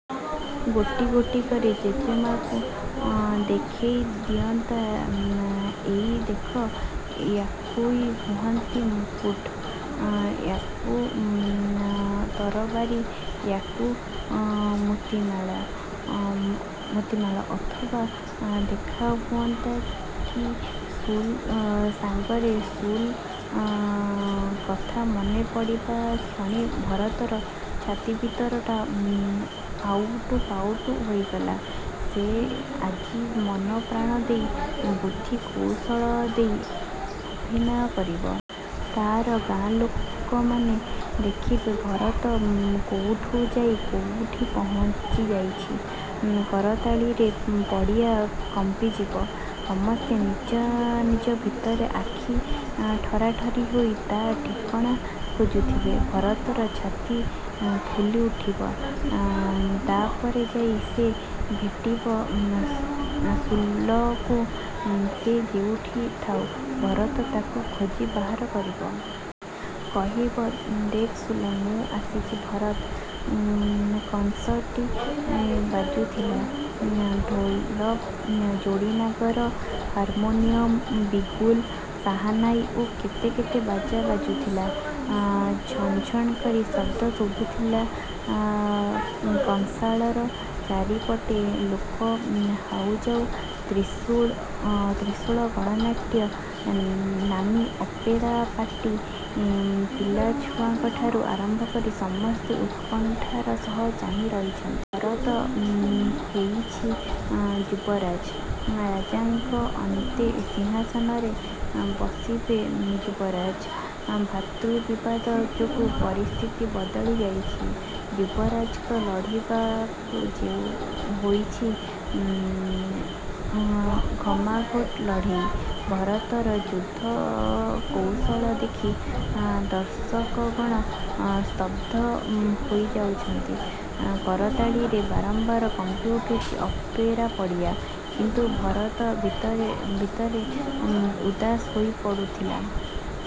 ଗୋଟି ଗୋଟି କରି ଜେଜେମାକୁ ଦେଖେଇ ଦିଅନ୍ତା, "ଏଇ ଦେଖ୍, ୟାକୁଇ କହନ୍ତି ମୁକୁଟ, ୟାକୁ ତରବାରୀ, ୟାକୁ ମୋତିମାଳ!" ଅଥବା ଦେଖାହୁଅନ୍ତା କି ସୁଲ ସାଙ୍ଗରେ! ସୁଲ କଥା ମନେପଡ଼ିବା କ୍ଷଣି ଭରତର ଛାତି ଭିତରଟା ଆଉଟୁ ପାଉଟୁ ହୋଇଗଲା। ସେ ଆଜି ମନପ୍ରାଣ ଦେଇ, ବୁଦ୍ଧି କୌଶଳ ଦେଇ ଅଭିନୟ କରିବ। ତାର ଗାଁ ଲୋକମାନେ ଦେଖିବେ, ଭରତ କୋଉଠୁ ଯାଇ କୋଉଠି ପହଞ୍ଚିଯାଇଛି କରତାଳିରେ ପଡ଼ିଆ କମ୍ପିଯିବ। ସମସ୍ତେ ନିଜ ନିଜ ଭିତରେ ଆଖି ଠରାଠରି ହୋଇ ତା ଠିକଣା ଖୋଜୁଥିବେ। ଭରତର ଛାତି ଫୁଲି ଉଠିବ। ତାପରେ ଯାଇ ସେ ଭେଟିବ ସୁଲକୁ। ସେ ଯୋଉଠି ଥାଉ, ଭରତ ତାକୁ ଖୋଜି ବାହାର କରିବ। କହିବ, "ଦେଖ୍ ସୁଲ! ମୁଁ ଆସିଛି। ଭରତ।" କନ୍ସର୍ଟ ବାଜୁଥିଲା। ଢୋଲ, ଯୋଡ଼ିନାଗରା, ହାର୍ମୋନିୟମ, ବିଗୁଲ, ସାହାନାଇ ଓ କେତେ କେତେ ବାଜା ବାଜୁଥିଲା। ଝଣଝଣ କରି ଶବ୍ଦ ଶୁଭୁଥିଲା କଂସାଳର। ଚାରିପଟେ ଲୋକ ହାଉଯାଉ। 'ତ୍ରିଶୂଳ ଗଣନାଟ୍ୟ' ନାମୀ ଅପେରା ପାର୍ଟି। ପିଲାଛୁଆଙ୍କଠାରୁ ଆରମ୍ଭ କରି ସମସ୍ତେ ଉତ୍କଣ୍ଠାର ସହ ଚାହିଁରହିଛନ୍ତି। ଭରତ ହୋଇଛି ଯୁବରାଜ। ରାଜାଙ୍କ ଅନ୍ତେ ସିଂହାସନରେ ବସିବେ ଯୁବରାଜ। ଭାତୃବିବାଦ ଯୋଗୁ ପରିସ୍ଥିତି ବଦଳିଯାଉଛି। ଯୁବରାଜଙ୍କୁ ଲଢ଼ିବାକୁ ହେଉଛି ଘମାଘୋଟ ଲଢ଼େଇ। ଭରତର ଯୁଦ୍ଧକୌଶଳ ଦେଖି ଦର୍ଶକଗଣ ସ୍ତବ୍ଧ ହୋଇଯାଉଛନ୍ତି। କରତାଳିରେ ବାରମ୍ବାର କମ୍ପିଉଠୁଛି ଅପେରା-ପଡ଼ିଆ। କିନ୍ତୁ ଭରତ ଭିତରେ ଭିତରେ ଉଦାସ ହୋଇପଡ଼ୁଥିଲା।